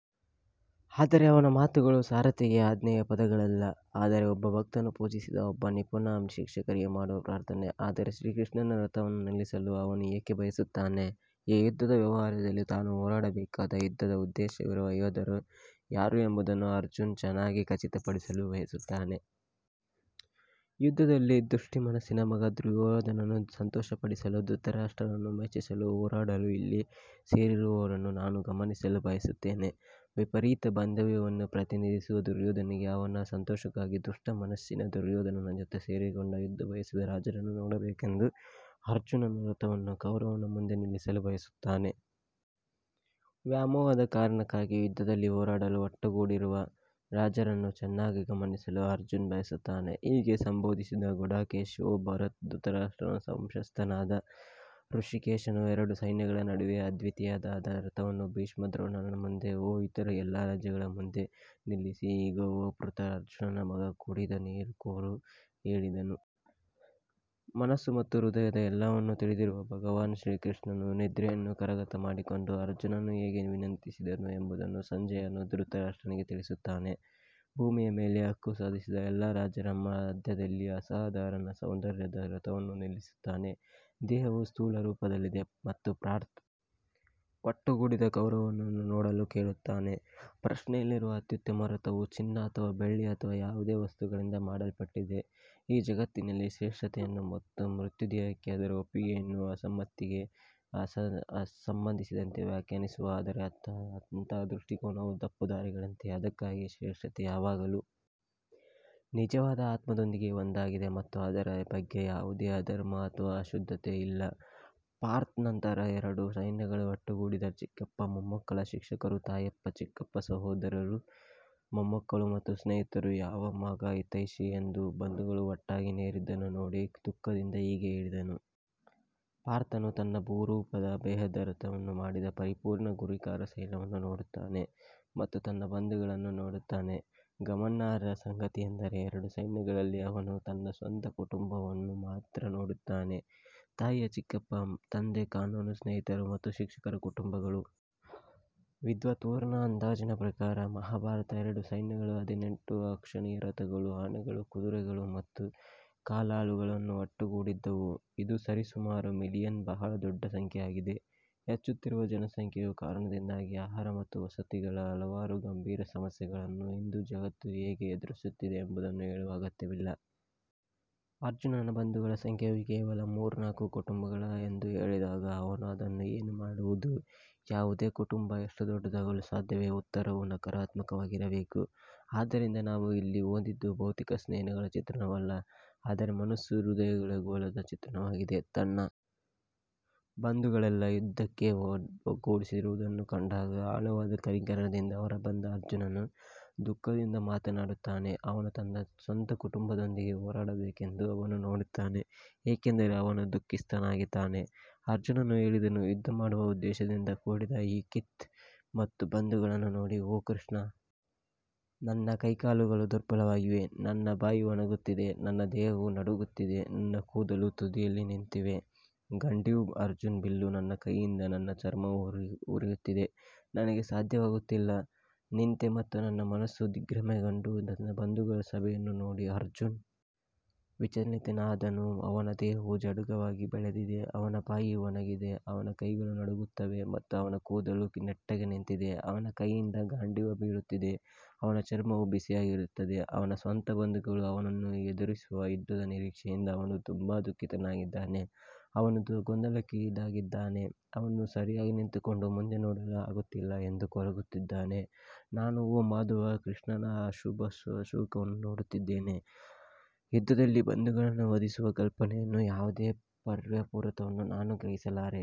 ಆದರೆ ಅವನ ಮಾತುಗಳು ಸಾರಥಿಗೆ ಆಜ್ಞೆಯ ಪದಗಳಲ್ಲ ಆದರೆ ಒಬ್ಬ ಭಕ್ತನು ಪೂಜಿಸಿದ ಒಬ್ಬ ನಿಪುಣ ಶಿಕ್ಷಕರಿಗೆ ಮಾಡುವ ಪ್ರಾರ್ಥನೆ ಆದರೆ ಶ್ರೀಕೃಷ್ಣನು ರಥವನ್ನು ನಿಲ್ಲಿಸಲು ಅವನು ಏಕೆ ಬಯಸುತ್ತಾನೆ ಈ ಯುದ್ಧದ ವ್ಯವಹಾರದಲ್ಲಿ ತಾನು ಹೋರಾಡಬೇಕಾದ ಯುದ್ಧದ ಉದ್ದೇಶವಿರುವ ಯೋಧರು ಯಾರು ಎಂಬುದನ್ನು ಅರ್ಜುನ್ ಚೆನ್ನಾಗಿ ಖಚಿತಪಡಿಸಿಕೊಳ್ಳಲು ಬಯಸುತ್ತಾನೆ. ಯುದ್ಧದಲ್ಲಿ ದುಷ್ಟ ಮನಸ್ಸಿನ ಮಗ ದುರ್ಯೋಧನನನ್ನು ಸಂತೋಷಪಡಿಸಲು ಧೃತರಾಷ್ಟ್ರರನ್ನು ಮೆಚ್ಚಿಸಲು ಹೋರಾಡಲು ಇಲ್ಲಿ ಸೇರಿರುವವರನ್ನು ನಾನು ಗಮನಿಸಲು ಬಯಸುತ್ತೇನೆ. ವಿಪರೀತ ಬಾಂಧವ್ಯವನ್ನು ಪ್ರತಿನಿಧಿಸುವ ದುರ್ಯೋಧನನಿಗೆ ಅವನ ಸಂತೋಷಕ್ಕಾಗಿ ದುಷ್ಟ ಮನಸ್ಸಿನ ದುರ್ಯೋಧನನ ಜೊತೆ ಸೇರಿಕೊಂಡು ಯುದ್ಧ ಬಯಸಿದ ರಾಜರನ್ನು ನೋಡಬೇಕೆಂದು ಅರ್ಜುನನು ರಥವನ್ನು ಕೌರವನ ಮುಂದೆ ನಿಲ್ಲಿಸಲು ಬಯಸುತ್ತಾನೆ. ವ್ಯಾಮೋಹದ ಕಾರಣಕ್ಕಾಗಿ ಯುದ್ಧದಲ್ಲಿ ಹೋರಾಡಲು ಒಟ್ಟುಗೂಡಿರುವ ರಾಜರನ್ನು ಚೆನ್ನಾಗಿ ಗಮನಿಸಲು ಅರ್ಜುನ್ ಬಯಸುತ್ತಾನೆ ಹೀಗೆ ಸಂಬೋಧಿಸಿದ ಗುಡಾಕೇಶ ಓ ಭರತ ಧೃತರಾಷ್ಟ್ರನ ವಂಶಸ್ಥನಾದ ಹೃಷಿಕೇಶನು ಎರಡು ಸೈನ್ಯಗಳ ನಡುವೆ ಅದ್ವಿತೀಯವಾದ ರಥವನ್ನು ಭೀಷ್ಮ ದ್ರೋಣನ ಮುಂದೆ ಮತ್ತು ಇತರ ಎಲ್ಲಾ ರಾಜರ ಮುಂದೆ ನಿಲ್ಲಿಸಿ ಇಗೋ ಓ ಪೃಥ ಅರ್ಜುನನ ಮಗ ಕೂಡಿದ ಕುರು ಎಂದು ಹೇಳಿದನು. ಮನಸ್ಸು ಮತ್ತು ಹೃದಯದ ಎಲ್ಲವನ್ನೂ ತಿಳಿದಿರುವ ಭಗವಾನ್ ಶ್ರೀಕೃಷ್ಣನು ನಿದ್ರೆಯನ್ನು ಕರಗತ ಮಾಡಿಕೊಂಡ ಅರ್ಜುನನು ಹೇಗೆ ವಿನಂತಿಸಿದನು ಎಂಬುದನ್ನು ಸಂಜಯನು ಧೃತರಾಷ್ಟ್ರನಿಗೆ ತಿಳಿಸುತ್ತಾನೆ, ಅವನು ಭೂಮಿಯ ಮೇಲೆ ಹಕ್ಕು ಸಾಧಿಸಿದ ಎಲ್ಲಾ ರಾಜರ ಮಧ್ಯದಲ್ಲಿ ಅಸಾಧಾರಣ ಸೌಂದರ್ಯದ ರಥವನ್ನು ನಿಲ್ಲಿಸುತ್ತಾನೆ. ದೇಹವು ಸ್ಥೂಲರೂಪದಲ್ಲಿದೆ ಮತ್ತು ಪಾರ್ಥನು ಒಟ್ಟುಗೂಡಿದ ಕೌರವನನ್ನು ನೋಡಲು ಕೇಳುತ್ತಾನೆ ಪ್ರಶ್ನೆಯಲ್ಲಿರುವ ಅತ್ಯುತ್ತಮ ರಥವು ಚಿನ್ನ ಅಥವಾ ಬೆಳ್ಳಿ ಅಥವಾ ಯಾವುದೇ ವಸ್ತುಗಳಿಂದ ಮಾಡಲ್ಪಟ್ಟಿದೆ ಈ ಜಗತ್ತಿನಲ್ಲಿ ಶ್ರೇಷ್ಠತೆಯನ್ನು ಅದರ ಮರ್ತ್ಯ ದೇಹಕ್ಕೆ ಅದರ ಒಪ್ಪಿಗೆ ಅಥವಾ ಅಸಮ್ಮತಿಗೆ ಸಂಬಂಧಿಸಿದಂತೆ ವ್ಯಾಖ್ಯಾನಿಸಲಾಗಿದೆ ಆದರೆ ಅಂತಹ ದೃಷ್ಟಿಕೋನವು ತಪ್ಪುದಾರಿಗೆಳೆಯುವಂತಿದೆ, ಅದಕ್ಕಾಗಿಯೇ ಶ್ರೇಷ್ಠತೆ ಯಾವಾಗಲೂ ನಿಜವಾದ ಆತ್ಮದೊಂದಿಗೆ ಒಂದಾಗಿದೆ ಮತ್ತು ಅದರ ಬಗ್ಗೆ ಯಾವುದೇ ಅಧರ್ಮ ಅಥವಾ ಅಶುದ್ಧತೆ ಇಲ್ಲ ಪಾರ್ಥ್ ನಂತರ ಎರಡು ಸೈನ್ಯಗಳಲ್ಲಿ ಒಟ್ಟುಗೂಡಿದರು ಚಿಕ್ಕಪ್ಪ ಮೊಮ್ಮಕ್ಕಳು ಶಿಕ್ಷಕರು ತಾಯಿಯ ಚಿಕ್ಕಪ್ಪ ಸಹೋದರರು ಪುತ್ರರು ಮೊಮ್ಮಕ್ಕಳು ಮತ್ತು ಸ್ನೇಹಿತರು ಹಾಗೂ ಮಾವ ಮತ್ತು ಹಿತೈಷಿಗಳು ಈ ಎಲ್ಲ ಬಂಧುಗಳು ಒಟ್ಟಾಗಿ ಸೇರಿದ್ದನ್ನು ನೋಡಿ ತೀವ್ರ ಕರುಣೆಯಿಂದ ಮುಳುಗಿ ಬಹಳ ದುಃಖದಿಂದ ಹೀಗೆ ಹೇಳಿದನು. ಪಾರ್ಥನು ತನ್ನ ಭೂರೂಪದ ದೇಹದ ರಥವನ್ನು ಮಾಡಿದ ಪರಿಪೂರ್ಣ ಗುರಿಕಾರ ಸೈನ್ಯವನ್ನು ನೋಡುತ್ತಾನೆ ಮತ್ತು ತನ್ನ ಬಂಧುಗಳನ್ನು ನೋಡುತ್ತಾನೆ ಗಮನಾರ್ಹ ಸಂಗತಿಯೆಂದರೆ, ಎರಡು ಸೈನ್ಯಗಳಲ್ಲಿ ಅವನು ತನ್ನ ಸ್ವಂತ ಕುಟುಂಬವನ್ನು ಮಾತ್ರ ನೋಡುತ್ತಾನೆ ತಾಯಿಯ ಚಿಕ್ಕಪ್ಪ ಮತ್ತು ತಂದೆ ಕಾನೂನು ಸ್ನೇಹಿತರು ಮತ್ತು ಶಿಕ್ಷಕರ ಕುಟುಂಬಗಳು. ವಿದ್ವತ್ಪೂರ್ಣ ಅಂದಾಜಿನ ಪ್ರಕಾರ ಮಹಾಭಾರತದ ಎರಡು ಸೈನ್ಯಗಳು ಹದಿನೆಂಟು ಅಕ್ಷೌಹಿಣಿ ರಥಗಳು ಆನೆಗಳು ಕುದುರೆಗಳು ಮತ್ತು ಕಾಲಾಳುಗಳನ್ನು ಒಳಗೊಂಡಿದ್ದವು, ಇದು ಸರಿಸುಮಾರು ಮಿಲಿಯನ್ ಬಹಳ ದೊಡ್ಡ ಸಂಖ್ಯೆಯಾಗಿದೆ. ಹೆಚ್ಚುತ್ತಿರುವ ಜನಸಂಖ್ಯೆಯ ಕಾರಣದಿಂದಾಗಿ ಆಹಾರ ಮತ್ತು ವಸತಿಗಳ ಹಲವಾರು ಗಂಭೀರ ಸಮಸ್ಯೆಗಳನ್ನು ಇಂದು ಜಗತ್ತು ಹೇಗೆ ಎದುರಿಸುತ್ತಿದೆ ಎಂಬುದನ್ನು ಹೇಳುವ ಅಗತ್ಯವಿಲ್ಲ. ಅರ್ಜುನನ ಬಂಧುಗಳ ಸಂಖ್ಯೆಯು ಕೇವಲ ಮೂರ್ನಾಲ್ಕು ಕುಟುಂಬಗಳು ಎಂದು ಹೇಳಿದಾಗ ನಾವು ಅದನ್ನು ಏನು ಮಾಡುವುದು? ಯಾವುದೇ ಕುಟುಂಬ ಇಷ್ಟು ದೊಡ್ಡದಾಗಲು ಸಾಧ್ಯವೇ ಉತ್ತರವು ನಕಾರಾತ್ಮಕವಾಗಿರಬೇಕು ಆದ್ದರಿಂದ ನಾವು ಇಲ್ಲಿ ಹೊಂದಿದ್ದು ಭೌತಿಕ ಸೇನೆಗಳ ಚಿತ್ರಣವಲ್ಲ ಆದರೆ ಮನಸ್ಸು ಮತ್ತು ಹೃದಯದ ಗೋಳದ ಚಿತ್ರಣವಾಗಿದೆ ತನ್ನ ಬಂಧುಗಳೆಲ್ಲ ಯುದ್ಧಕ್ಕೆ ಒಗ್ಗೂಡಿಸಿರುವುದನ್ನು ಕಂಡಾಗ ಆಳವಾದ ಕನಿಕರದಿಂದ ಹೊರಬಂದ ಅರ್ಜುನನು ದುಃಖದಿಂದ ಮಾತನಾಡುತ್ತಾನೆ ಅವನು ತನ್ನ ಸ್ವಂತ ಕುಟುಂಬದೊಂದಿಗೆ ಹೋರಾಡಬೇಕೆಂದು ಅವನು ನೋಡುತ್ತಾನೆ ಏಕೆಂದರೆ ಅವನು ದುಃಖಿಸುತ್ತಾನೆ ಅರ್ಜುನನು ಹೇಳಿದನು ಯುದ್ಧ ಮಾಡುವ ಉದ್ದೇಶದಿಂದ ಕೂಡಿದ ಈ ಕಿತ್ ಮತ್ತು ಬಂಧುಗಳನ್ನು ನೋಡಿ ಓ ಕೃಷ್ಣ ನನ್ನ ಕೈಕಾಲುಗಳು ದುರ್ಬಲವಾಗಿವೆ ನನ್ನ ಬಾಯಿ ಒಣಗುತ್ತಿದೆ ನನ್ನ ದೇಹವು ನಡುಗುತ್ತಿದೆ ನನ್ನ ಕೂದಲು ತುದಿಯಲ್ಲಿ ನಿಂತಿದೆ ಗಂಡೀವ್ ಅರ್ಜುನ್ ಬಿಲ್ಲು ನನ್ನ ಕೈಯಿಂದ ನನ್ನ ಚರ್ಮವು ಉರಿಯುತ್ತಿದೆ ನನಗೆ ಸಾಧ್ಯವಾಗುತ್ತಿಲ್ಲ ನಿಂತೆ ಮತ್ತು ನನ್ನ ಮನಸ್ಸು ದಿಗ್ಭ್ರಮೆಗೊಂಡಿದೆ ತನ್ನ ಬಂಧುಗಳ ಸಭೆಯನ್ನು ನೋಡಿ ಅರ್ಜುನ್ ವಿಚಲಿತನಾದ ಅವನ ದೇಹವು ಜಡವಾಗಿ ಬೆಳೆದಿದೆ ಅವನ ಬಾಯಿ ಒಣಗಿದೆ ಅವನ ಕೈಗಳು ನಡುಗುತ್ತವೆ ಮತ್ತು ಅವನ ಕೂದಲು ನೆಟ್ಟಗೆ ನಿಂತಿದೆ ಅವನ ಕೈಯಿಂದ ಗಾಂಡೀವ್ ಬೀಳುತ್ತಾನೆ ಮತ್ತು ಅವನ ಚರ್ಮವು ಬಿಸಿಯಾಗಿರುತ್ತದೆ ಅವನ ಸ್ವಂತ ಬಂಧುಗಳು ಅವನನ್ನು ಎದುರಿಸುವ ಯುದ್ಧದ ನಿರೀಕ್ಷೆಯಿಂದ ಅವನು ತುಂಬಾ ದುಃಖಿತನಾಗಿದ್ದಾನೆ ಅವನು ಗೊಂದಲಕ್ಕೊಳಗಾಗಿದ್ದಾನೆ ಸರಿಯಾಗಿ ನಿಂತುಕೊಂಡು ಮುಂದೆ ನೋಡಲೂ ಆಗುತ್ತಿಲ್ಲ ಎಂದು ಕೊರಗುತ್ತಾನೆ ನಾನು ಓ ಮಾಧವ ಕೃಷ್ಣನ ಅಶುಭ ಸೂಚಕಗಳನ್ನು ನೋಡುತ್ತೇನೆ ಮತ್ತು ಯುದ್ಧದಲ್ಲಿ ಬಂಧುಗಳನ್ನು ವಧಿಸುವ ಕಲ್ಪನೆಯಲ್ಲಿ ಯಾವುದೇ ಪೂರ್ವಪ್ರತ್ಯಯವನ್ನು ನಾನು ಗ್ರಹಿಸಲಾರೆ.